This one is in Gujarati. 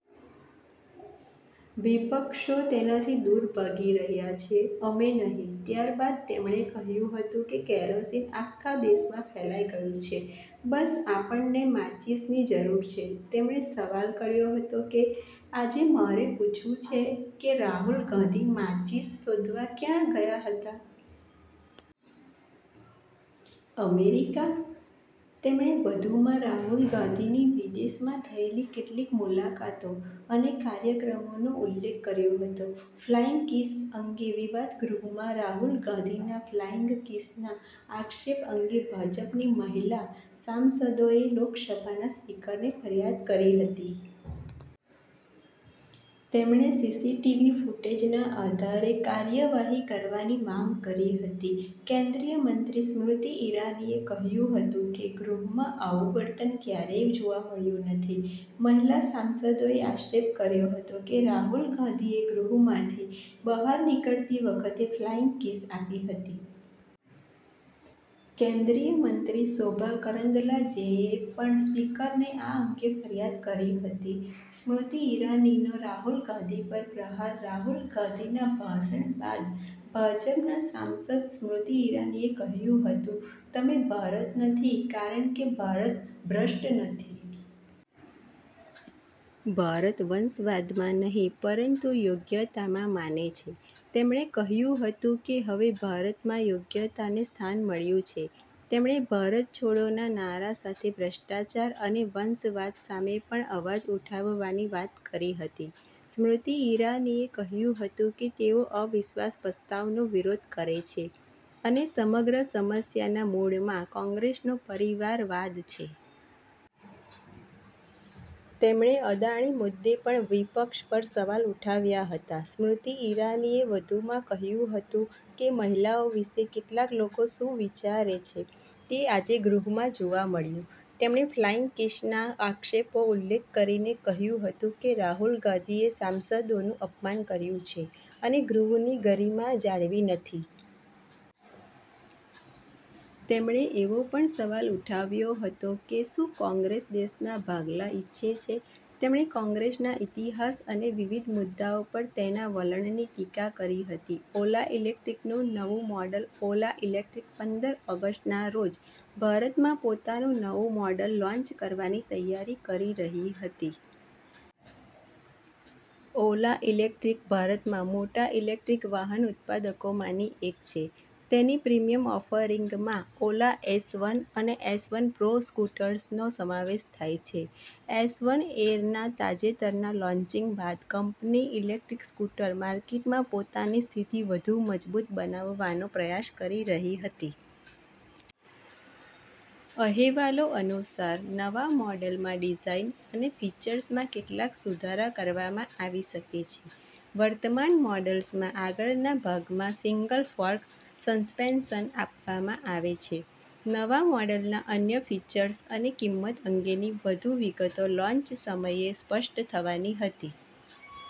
વિપક્ષો તેનાથી દૂર ભાગી રહ્યા છે, અમે નહીં. ત્યારબાદ તેમણે કહ્યું હતું કે કેરોસીન આખા દેશમાં ફેલાઈ ગયું છે, બસ આપણને માચીસની જરૂર છે. તેમણે સવાલ કર્યો હતો કે, “આજે મારે પૂછવું છે કે રાહુલ ગાંધી માચીસ શોધવા ક્યાં ગયા હતા? અમેરિકા?” તેમણે વધુમાં રાહુલ ગાંધીની વિદેશમાં થયેલી કેટલીક મુલાકાતો અને કાર્યક્રમોનો ઉલ્લેખ કર્યો હતો. ફ્લાઈંગ કિસ અંગે વિવાદ ગૃહમાં રાહુલ ગાંધીના ફ્લાઈંગ કિસના આક્ષેપ અંગે ભાજપની મહિલા સાંસદોએ લોકસભાના સ્પીકરને ફરિયાદ કરી હતી. તેમણે સીસીટીવી ફૂટેજના આધારે કાર્યવાહી કરવાની માંગ કરી હતી. કેન્દ્રીય મંત્રી સ્મૃતિ ઈરાનીએ કહ્યું હતું કે ગૃહમાં આવું વર્તન ક્યારેય જોવા મળ્યું નથી. મહિલા સાંસદોએ આક્ષેપ કર્યો હતો કે રાહુલ ગાંધીએ ગૃહમાંથી બહાર નીકળતી વખતે ફ્લાઈંગ કિસ આપી હતી. કેન્દ્રીય મંત્રી શોભા કરંદલાજેએ પણ સ્પીકરને આ અંગે ફરિયાદ કરી હતી. સ્મૃતિ ઈરાનીનો રાહુલ ગાંધી પર પ્રહાર રાહુલ ગાંધીના ભાષણ બાદ ભાજપના સાંસદ સ્મૃતિ ઈરાનીએ કહ્યું હતું, “તમે ભારત નથી, કારણ કે ભારત ભ્રષ્ટ નથી. ભારત વંશવાદમાં નહીં, પરંતુ યોગ્યતામાં માને છે.” તેમણે કહ્યું હતું કે હવે ભારતમાં યોગ્યતાને સ્થાન મળ્યું છે. તેમણે “ભારત છોડો”ના નારા સાથે ભ્રષ્ટાચાર અને વંશવાદ સામે પણ અવાજ ઉઠાવવાની વાત કરી હતી. સ્મૃતિ ઈરાનીએ કહ્યું હતું કે તેઓ અવિશ્વાસ પ્રસ્તાવનો વિરોધ કરે છે અને સમગ્ર સમસ્યાના મૂળમાં કોંગ્રેસનો પરિવારવાદ છે. તેમણે અદાણી મુદ્દે પણ વિપક્ષ પર સવાલ ઉઠાવ્યા હતા. સ્મૃતિ ઈરાનીએ વધુમાં કહ્યું હતું કે મહિલાઓ વિશે કેટલાક લોકો શું વિચારે છે તે આજે ગૃહમાં જોવા મળ્યું. તેમણે ફ્લાઈંગ કિસના આક્ષેપનો ઉલ્લેખ કરીને કહ્યું હતું કે રાહુલ ગાંધીએ સાંસદોનું અપમાન કર્યું છે અને ગૃહની ગરિમા જાળવી નથી. તેમણે એવો પણ સવાલ ઉઠાવ્યો હતો કે શું કોંગ્રેસ દેશના ભાગલા ઈચ્છે છે. તેમણે કોંગ્રેસના ઇતિહાસ અને વિવિધ મુદ્દાઓ પર તેના વલણની ટીકા કરી હતી. ઓલા ઈલેક્ટ્રિકનું નવું મોડલ ઓલા ઈલેક્ટ્રિક પંદર ઓગસ્ટના રોજ ભારતમાં પોતાનું નવું મોડલ લોન્ચ કરવાની તૈયારી કરી રહી હતી. ઓલા ઈલેક્ટ્રિક ભારતમાં મોટા ઇલેક્ટ્રિક વાહન ઉત્પાદકોમાંની એક છે. તેની પ્રીમિયમ ઓફરિંગમાં ઓલા એસવન અને એસવન પ્રો સ્કૂટર્સનો સમાવેશ થાય છે. એસવન એરનાં તાજેતરના લોન્ચિંગ બાદ, કંપની ઇલેક્ટ્રિક સ્કૂટર માર્કેટમાં પોતાની સ્થિતિ વધુ મજબૂત બનાવવાનો પ્રયાસ કરી રહી હતી. અહેવાલો અનુસાર, નવા મોડલમાં ડિઝાઇન અને ફીચર્સમાં કેટલાક સુધારા કરવામાં આવી શકે છે. વર્તમાન મોડલ્સમાં આગળના ભાગમાં સિંગલ-ફોર્ક સસ્પેન્શન આપવામાં આવે છે. નવા મોડલના અન્ય ફીચર્સ અને કિંમત અંગેની વધુ વિગતો લોન્ચ સમયે સ્પષ્ટ થવાની હતી.